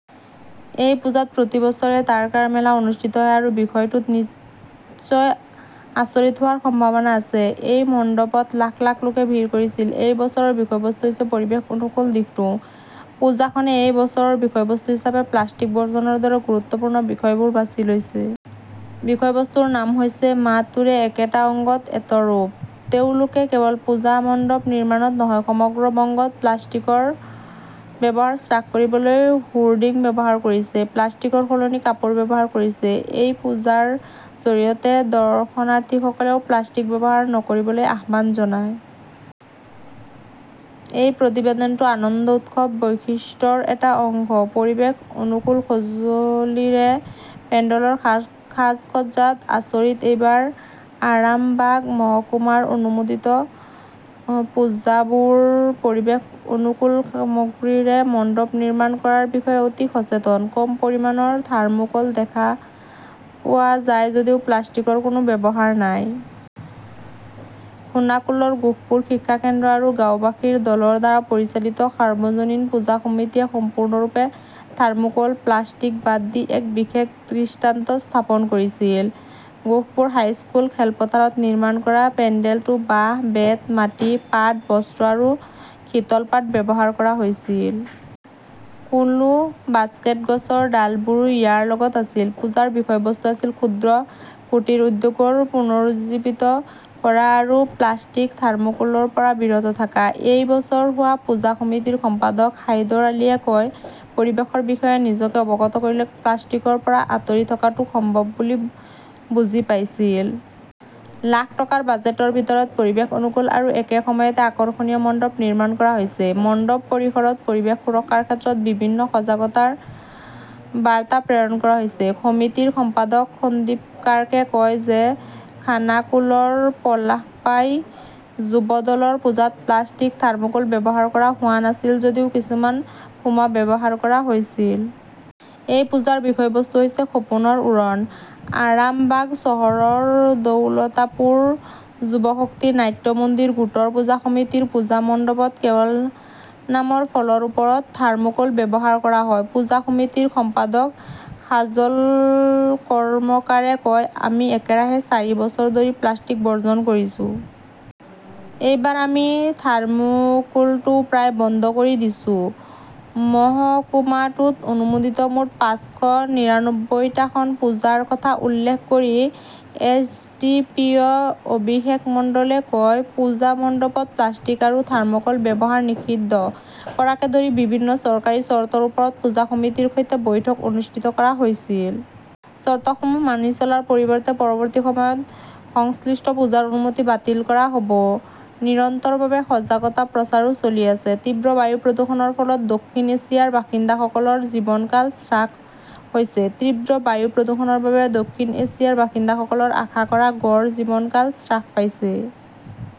এই পূজাত প্ৰতি বছৰে তাৰকাৰ মেলা অনুষ্ঠিত হয়। আৰু বিষয়টোত নিশ্চয় আচৰিত হোৱাৰ সম্ভাৱনা আছে। এই মণ্ডপত লাখ লাখ লোকে ভিৰ কৰিছিল। এই বছৰৰ বিষয়বস্তু হৈছে পৰিৱেশ-অনুকূল দিশটোও। পূজাখনে এই বছৰৰ বিষয়বস্তু হিচাপে প্লাষ্টিক বৰ্জনৰ দৰে গুৰুত্বপূৰ্ণ বিষয়বোৰ বাছি লৈছে। বিষয়বস্তুৰ নাম হৈছে 'মা তোৰে একেটা অংগত এত ৰূপ'। তেওঁলোকে কেৱল পূজা মণ্ডপ নিৰ্মাণত নহয়, সমগ্ৰ বংগত প্লাষ্টিকৰ ব্যৱহাৰ হ্ৰাস কৰিবলৈ হোৰ্ডিং ব্যৱহাৰ কৰিছে, প্লাষ্টিকৰ সলনি কাপোৰ ব্যৱহাৰ কৰিছে। এই পূজাৰ জৰিয়তে দৰ্শনাৰ্থীসকলেও প্লাষ্টিক ব্যৱহাৰ নকৰিবলৈ আহ্বান জনায়। এই প্ৰতিবেদনটো 'আনন্দ উৎসৱ' বৈশিষ্ট্যৰ এটা অংশ। পৰিৱেশ-অনুকূল সঁজুলিৰে পেণ্ডেলৰ সাজ-সজ্জাত আচৰিত এইবাৰ আৰামবাগ মহকুমাৰ অনুমোদিত পূজাবোৰ পৰিৱেশ অনুকূল সামগ্ৰীৰে মণ্ডপ নিৰ্মাণ কৰাৰ বিষয়ে অতি সচেতন। কম পৰিমাণৰ থাৰ্মোক'ল দেখা পোৱা যায় যদিও প্লাষ্টিকৰ কোনো ব্যৱহাৰ নাই। খোনাকুলৰ ঘোষপুৰ শিক্ষা কেন্দ্ৰ আৰু গাওঁবাসীৰ দলৰ দ্বাৰা পৰিচালিত সাৰ্বজনীন পূজা সমিতিয়ে সম্পূৰ্ণৰূপে থাৰ্মোকল-প্লাষ্টিক বাদ দি এক বিশেষ দৃষ্টান্ত স্থাপন কৰিছিল। ঘোষপুৰ হাইস্কুল খেলপথাৰত নিৰ্মাণ কৰা পেণ্ডেলটো বাঁহ, বেত, মাটি, পাট, বস্ত্ৰ আৰু শীতলপাট ব্যৱহাৰ কৰা হৈছিল। কুলো, বাস্কেট, গছৰ ডালবোৰো ইয়াৰ লগত আছিল। পূজাৰ বিষয়বস্তু আছিল, 'ক্ষুদ্ৰ কুটিৰ উদ্যোগৰ পুনৰুজ্জীৱিত কৰা আৰু প্লাষ্টিক-থাৰ্মোকলৰ পৰা বিৰত থকা'। এই বছৰ হোৱা পূজা সমিতিৰ সম্পাদক হাইদৰ আলীয়ে কয়, "পৰিৱেশৰ বিষয়ে নিজকে অৱগত কৰিলে প্লাষ্টিকৰ পৰা আঁতৰি থকাটো সম্ভৱ বুলি বুজি পাইছিল। লাখ টকাৰ বাজেটৰ ভিতৰত পৰিৱেশ-অনুকূল আৰু একে সময়তে আকৰ্ষণীয় মণ্ডপ নিৰ্মাণ কৰা হৈছে।" মণ্ডপ পৰিসৰত পৰিৱেশ সুৰক্ষাৰ ক্ষেত্ৰত বিভিন্ন সজাগতাৰ বাৰ্তা প্ৰেৰণ কৰা হৈছে। সমিতিৰ সম্পাদক সন্দীপ কাৰ্কে কয় যে খানাকুলৰ পলাশপাই যুৱ দলৰ পূজাত প্লাষ্টিক, থাৰ্মোকল ব্যৱহাৰ কৰা হোৱা নাছিল যদিও কিছুমান ফোমা ব্যৱহাৰ কৰা হৈছিল। এই পূজাৰ বিষয়বস্তু হৈছে 'সপোনৰ উৰণ'। আৰামবাগ চহৰৰ দৌলতাপুৰ যুৱশক্তি নাট্য মন্দিৰ গোটৰ পূজা সমিতিৰ পূজা মণ্ডপত কেৱল নামৰ ফলৰ ওপৰত থাৰ্মোক'ল ব্যৱহাৰ কৰা হয়। পূজা সমিতিৰ সম্পাদক সাজল কৰ্মকাৰে কয়, "আমি একেৰাহে চাৰি বছৰ ধৰি প্লাষ্টিক বৰ্জন কৰিছো। এইবাৰ আমি থাৰ্মোকোলটোও প্ৰায় বন্ধ কৰি দিছো। মহকুমাটোত অনুমোদিত মুঠ পাঁচশ নিৰানব্বৈটা খন পূজাৰ কথা উল্লেখ কৰি এছ.ডি.পি.অ'. অভিষেক মণ্ডলে কয়, পূজা মণ্ডপত প্লাষ্টিক আৰু থাৰ্ম'কল ব্যৱহাৰ নিষিদ্ধ কৰাকে ধৰি বিভিন্ন চৰকাৰী চৰ্তৰ ওপৰত পূজা সমিতিৰ সৈতে বৈঠক অনুষ্ঠিত কৰা হৈছিল। চৰ্তসমূহ মানি চলাৰ পৰিৱৰ্তে পৰৱৰ্তী সময়ত সংশ্লিষ্ট পূজাৰ অনুমতি বাতিল কৰা হ'ব। নিৰন্তৰভাৱে সজাগতা প্ৰচাৰো চলি আছে। তীব্ৰ বায়ু প্ৰদূষণৰ ফলত দক্ষিণ এছিয়াৰ বাসিন্দাসকলৰ 'জীৱনকাল হ্ৰাস' হৈছে তীব্ৰ বায়ু প্ৰদূষণৰ বাবে দক্ষিণ এছিয়াৰ বাসিন্দাসকলৰ আশা কৰা গড় জীৱনকাল হ্ৰাস পাইছে।